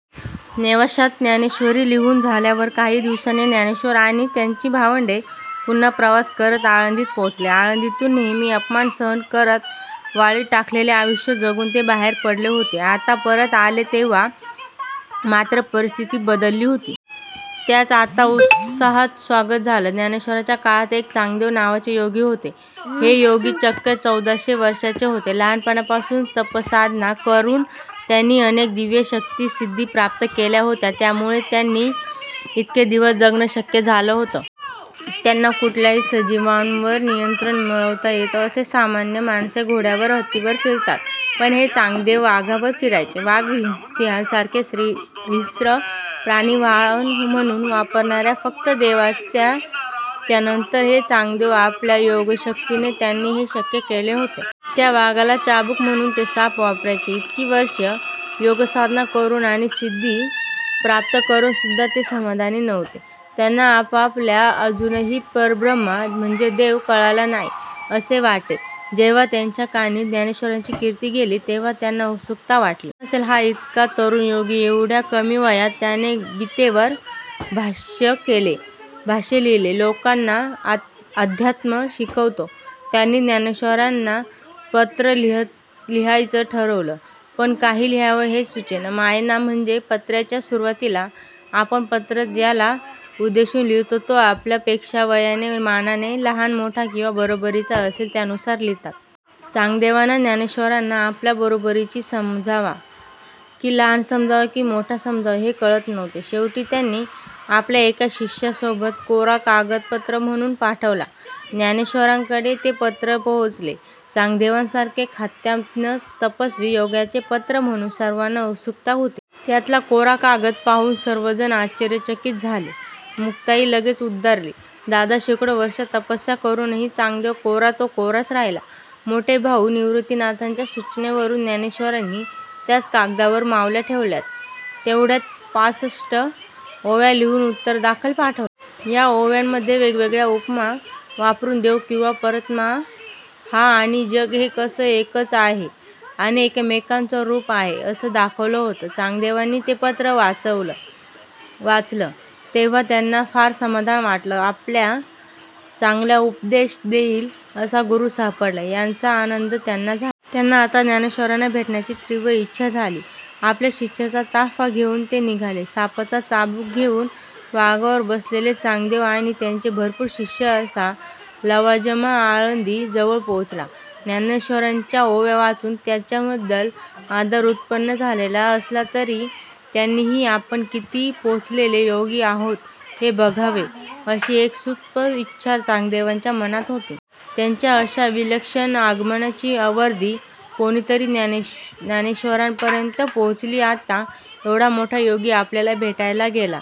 नेवाश्यात ज्ञानेश्वरी लिहुन झाल्यावर काही दिवसांनी ज्ञानेश्वर आणि त्यांची भावंडे पुन्हा प्रवास करत आळंदीत पोहोचले. आळंदीतुन नेहमी अपमान सहन करून, वाळीत टाकलेले आयुष्य जगून ते बाहेर पडले होते. आता परत आले तेव्हा मात्र परिस्थिती बदलली होती. त्यांचं आता उत्साहात स्वागत झालं. ज्ञानेश्वरांच्या काळात एक चांगदेव नावाचे योगी होते. हे योगी चक्क चौदाशे वर्षांचे होते. लहानपणापासुन तपसाधना करून त्यांनी अनेक दिव्य शक्ती, सिद्धी प्राप्त केल्या होत्या. त्यामुळेच त्यांना इतके दिवस जगणं शक्य झालं होतं. त्यांना कुठल्याही सजीवांवर नियंत्रण मिळवता येत असे. सामान्य माणसे घोड्यावर, हत्तीवर फिरतात. पण हे चांगदेव वाघावर फिरायचे. वाघ सिंहासारखे हिंस्त्र प्राणी वाहन म्हणून वापरणाऱ्या फक्त देव्याच. त्यानंतर हे चांगदेव. आपल्या योगशक्तीने त्यांनी हे शक्य केले होते. त्या वाघाला चाबुक म्हणुन ते साप वापरायचे. इतकी वर्षे योगसाधना करून आणि सिद्धी प्राप्त करूनसुद्धा ते समाधानी नव्हते. त्यांना आपल्याला अजुनही परब्रह्म म्हणजे देव कळला नाही असे वाटे. जेव्हा त्यांच्या कानी ज्ञानेश्वरांची कीर्ती गेली तेव्हा त्यांना उत्सुकता वाटली. कोण असेल हा इतका तरुण योगी? एवढ्या कमी वयात याने गीतेवर भाष्य लिहिलं, लोकांना अध्यात्म शिकवतो. त्यांनी ज्ञानेश्वरांना पत्र लिहायचं ठरवलं. पण काय लिहावं हेच सुचेना. मायना म्हणजे पत्राच्या सुरुवातीला आपण पत्र ज्याला उद्देशुन लिहितो तो आपल्या पॆक्षा वयाने मानाने लहान मोठा किंवा बरोबरीचा असेल त्यानुसार लिहितात. चांगदेवांना ज्ञानेश्वरांना आपल्या बरोबरीचा समजावा कि लहान समजावा कि मोठा समजावा हे कळत नव्हते. शेवटी त्यांनी आपल्या एका शिष्यासोबत कोरा कागदच पत्र म्हणुन पाठवला. ज्ञानेश्वरांकडे ते पत्र पोहोचलं. चांगदेवांसारख्या ख्यातनाम तपस्वी योग्याचे पत्र म्हणुन सर्वांना उत्सुकता होती. त्यातला कोरा कागद पाहुन सर्वजण आश्चर्यचकित झाले. मुक्ताई लगेच उद्गारली दादा शेकडो वर्षे तपस्या करूनही चांगदेव कोरा तो कोराच राहिला. मोठे भाऊ निवृत्तीनाथांच्या सुचनेवरून ज्ञानेश्वरांनी त्याच कागदावर मावल्या तेवढ्या पासष्ट ओव्या लिहुन उत्तरादाखल पाठवल्या. ह्या ओव्यांमध्ये वेगवेगळ्या उपमा वापरून देव किंवा परमात्मा हा आणि जग हे कसं एकच आहे आणि एकमेकांचं रूप आहे असं दाखवलं होतं. चांगदेवांनी ते पत्र वाचलं तेव्हा त्यांना फार समाधान वाटलं. आपल्याला चांगला उपदेश देईल असा गुरु सापडला याचा आनंद त्यांना झाला. त्यांना आता ज्ञानेश्वरांना भेटण्याची तीव्र इच्छा झाली. आपला शिष्यांचा ताफा घेऊन ते निघाले. सापाचा चाबुक घेऊन वाघावर बसलेले चांगदेव आणि त्यांचे भरपूर शिष्य असा लवाजमा आळंदी जवळ पोहोचला. ज्ञानेश्वरांच्या ओव्या वाचुन त्यांच्याबद्दल आदर उत्पन्न झालेला असला तरी त्यांनीही आपण किती पोहोचलेले योगी आहोत हे बघावे अशी एक सुप्त इच्छा चांगदेवांच्या मनात होती. त्यांच्या अशा विलक्षण आगमनाची वर्दी कोणीतरी ज्ञानेश्वरांपर्यंत पोहोचली. आता एवढा मोठा योगी आपल्याला भेटायला येतोय